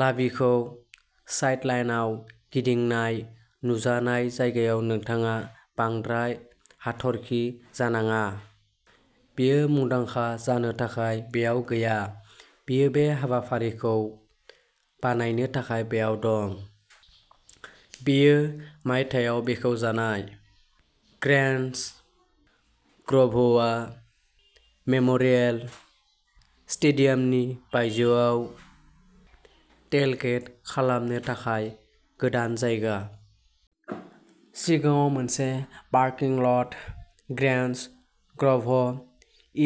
लाभीखौ साइडलाइनआव गिदिंनाय नुजानाय जायगायाव नोंथाङा बांद्राय हाथरखि जानाङा। बियो मुंदांखा जानो थाखाय बेयाव गैया। बियो बे हाबाफारिखौ बानायनो थाखाय बेयाव दं। बेयो मायथाइयाव बेखेवजानाय। ग्रेन्ज ग्र'भआ मेम'रियेल स्टेडियामनि बायजोआव टेलगेट खालामनो थाखाय गोदान जायगा। सिगाङाव मोनसे पारकिं ल'ट, ग्रेन्ज ग्र'भ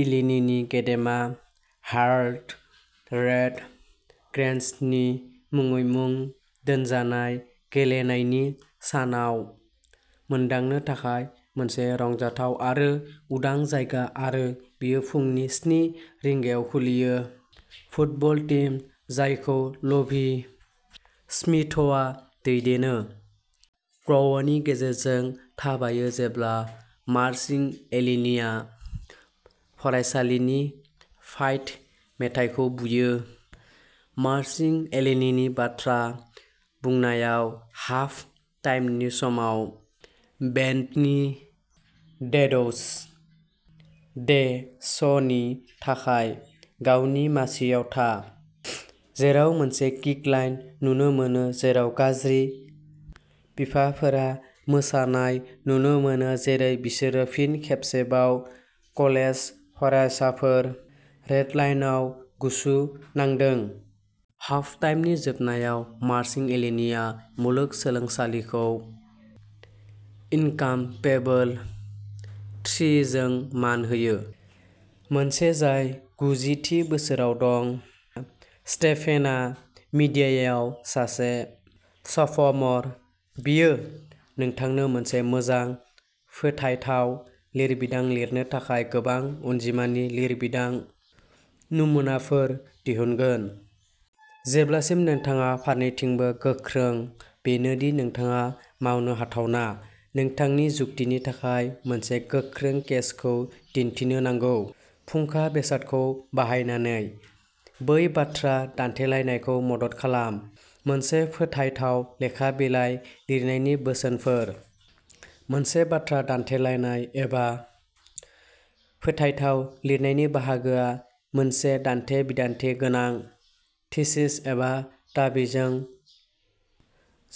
इलिनीनि गेदेमा हेरल्ड रेड ग्रेन्जनि मुङै मुं दोनजानाय गेलेनायनि सानाव मोनदांनो थाखाय मोनसे रंजाथाव आरो उदां जायगा आरो बेयो फुंनि स्नि रिंगायाव खुलियो। फुटबल टीम, जायखौ लभि स्मिथआ दैदेनो। ग्र'वनि गेजेरजों थाबायो जेब्ला मारचिं इलिनीया फरायसालिनि फाइट मेथाइखौ बुयो। मारचिं इलिनीनि बाथ्रा बुंनायाव हाफ टाइमनि समाव बेन्डनि डेड्स डे श'नि थाखाय गावनि मासिआव था। जेराव मोनसे किक लाइन नुनो मोनो जेराव गाज्रि बिफाफोरा मोसानाय नुनो मोनो जेरै बिसोरो फिन खेबसेबाव कलेज फरायसाफोर रेड लायनआव गुसु नांदों। हाफ टाइमनि जोबनायाव मारचिं इलिनीआ मुलुग सोलोंसालिखौ इनकामपेबल थ्रीजों मान होयो। मोनसे जाय गुजि थि बोसोराव दं। स्टेफेनआ मिडियायाव सासे सफ'मर। बेयो नोंथांनो मोनसे मोजां फोथायथाव लिरबिदां लिरनो थाखाय गोबां अनजिमानि लिरबिदां नमुनाफोर दिहुनगोन। जेब्लासिम नोंथाङा फारनैथिंबो गोख्रों-बेनो दि नोंथाङा मावनो हाथावना। नोंथांनि जुक्तिनि थाखाय मोनसे गोख्रों केसखौ दिन्थिनो नांगौ। फुंखा बेसादखौ बाहायनानै। बै बाथ्रा दान्थेलायनायखौ मदद खालाम। मोनसे फोथायथाव लेखा बिलाइ लिरनायनि बोसोनफोर। मोनसे बाथ्रा दान्थेलायनाय एबा फोथायथाव लिरनायनि बाहागोआ मोनसे दान्थे-बिदान्थे गोनां थिसिस एबा दाबिजों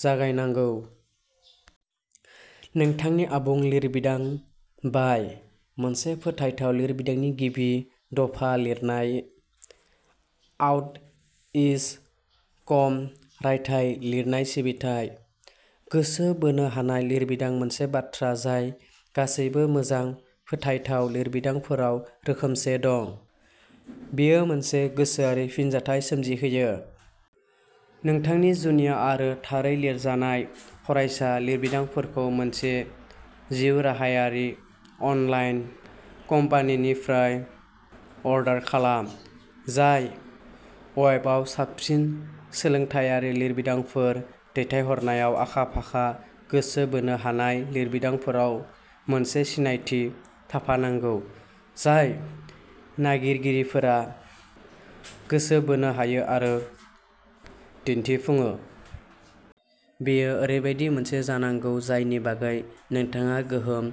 जागायनांगौ। नोंथांनि आबुं लिरबिदां बाय। मोनसे फोथायथाव लिरबिदांनि गिबि दफा लिरनाय वाट इज. कम रायथाइ लिरनाय सिबिथाइ। गोसो बोनो हानाय लिरबिदां मोनसे बाथ्रा जाय गासैबो मोजां फोथायथाव लिरबिदांफोराव रोखोमसे दं। बेयो मोनसे गोसोआरि फिनजाथाय सोमजिहोयो। नोंथांनि जुनिया आरो थारै लिरजानाय फरायसा लिरबिदांफोरखौ मोनसे जिउराहायारि अनलाइन कम्पानिनिफ्राय अर्डार खालाम। जाय वेबआव साबसिन सोलोंथायारि लिरबिदांफोर दैथायहरनायाव आखा-फाखा गोसो बोनो हानाय लिरबिदांफोराव मोनसे सिनायथि थाफानांगौ जाय नायगिरिफोरनि गोसो बोनो हायो आरो दिन्थिफुङो। बेयो ओरैबायदि मोनसे जानांगौ जायनि बागै नोंथाङा गोहोम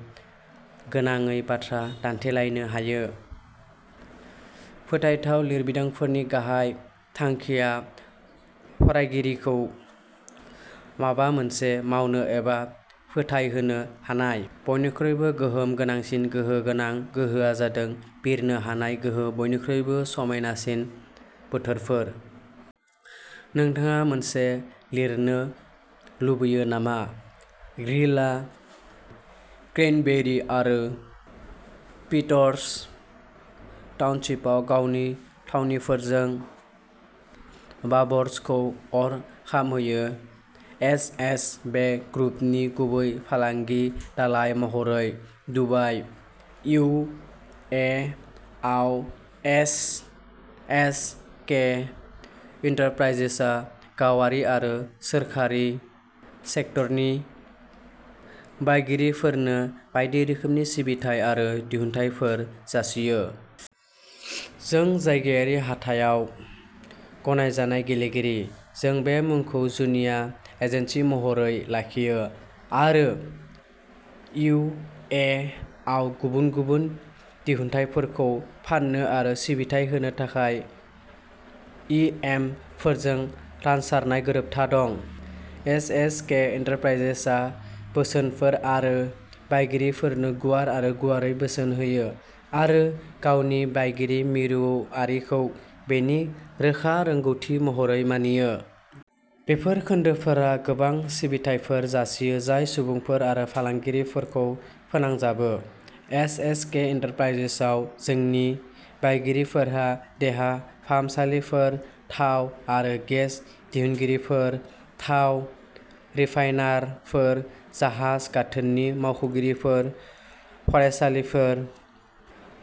गोनाङै बाथ्रा दान्थेलायनो हायो। फोथायथाव लिरबिदांफोरनि गाहाय थांखिया फरायगिरिखौ माबा मोनसे मावनो एबा फोथायहोनो हानाय। बयनिख्रुइबो गोहोम गोनांसिन गोहो गोनां गोहोआ जादों बिरनो हानाय गोहो बयनिख्रुइबो समायनासिन बोथोरफोर। नोंथाङा मोनसे लिरनो लुगैयो नामा? ग्रिलआ क्रैनबेरी आरो पीटरस टाउनशिपआव गावनि थावनिफोरजों बाबरस'खौ अर खामहोयो। एस एस के ग्रुपनि गुबै फालांगि दालाय महरै दुबाइ इउ एइ आव एस एस के इन्टरप्राइजेसआ गावारि आरो सोरखारि सेक्टरनि बायगिरिफोरनो बायदि रोखोमनि सिबिथाय आरो दिहुनथायफोर जासियो। जों जायगायारि हाथायाव गनायजानाय गेलेगिरि। जों बे मुंखौ जुनिया एजेन्सि महरै लाखियो आरो इउ एइ आव गुबुन गुबुन दिहुनथायफोरखौ फाननो आरो सिबिथाइ होनो थाखाय इ एम फोरजों रानसारनाय गोरोबथा दं। एस एस के इन्टरप्राइजेसआ बोसोनफोर आरो बायगिरिफोरनो गुवार आरो गुवारै बोसोन होयो आरो गावनि बायगिरि मिरुआरिखौ बेनि रोखा रोंग'थि महरै मानियो। बेफोर खोन्दोफोरा गोबां सिबिथायफोर जासियो जाय सुबुंफोर आरो फालांगिफोरखौ फोनांजाबो। एस एस के इन्टरप्राइजेसआव जोंनि बायगिरिफोरहा देहा फाहामसालिफोर थाव आरो गेस दिहुनगिरिफोर थाव रिफाइनारफोर जाहाज गाथोननि मावख'गिरिफोर फरायसालिफोर,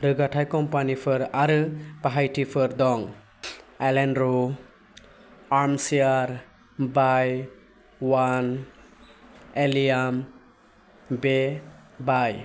रोगाथाइ कम्पानिफोर आरो बाहायथिफोर दं। एलेन'र armchair bye one एलियाम way by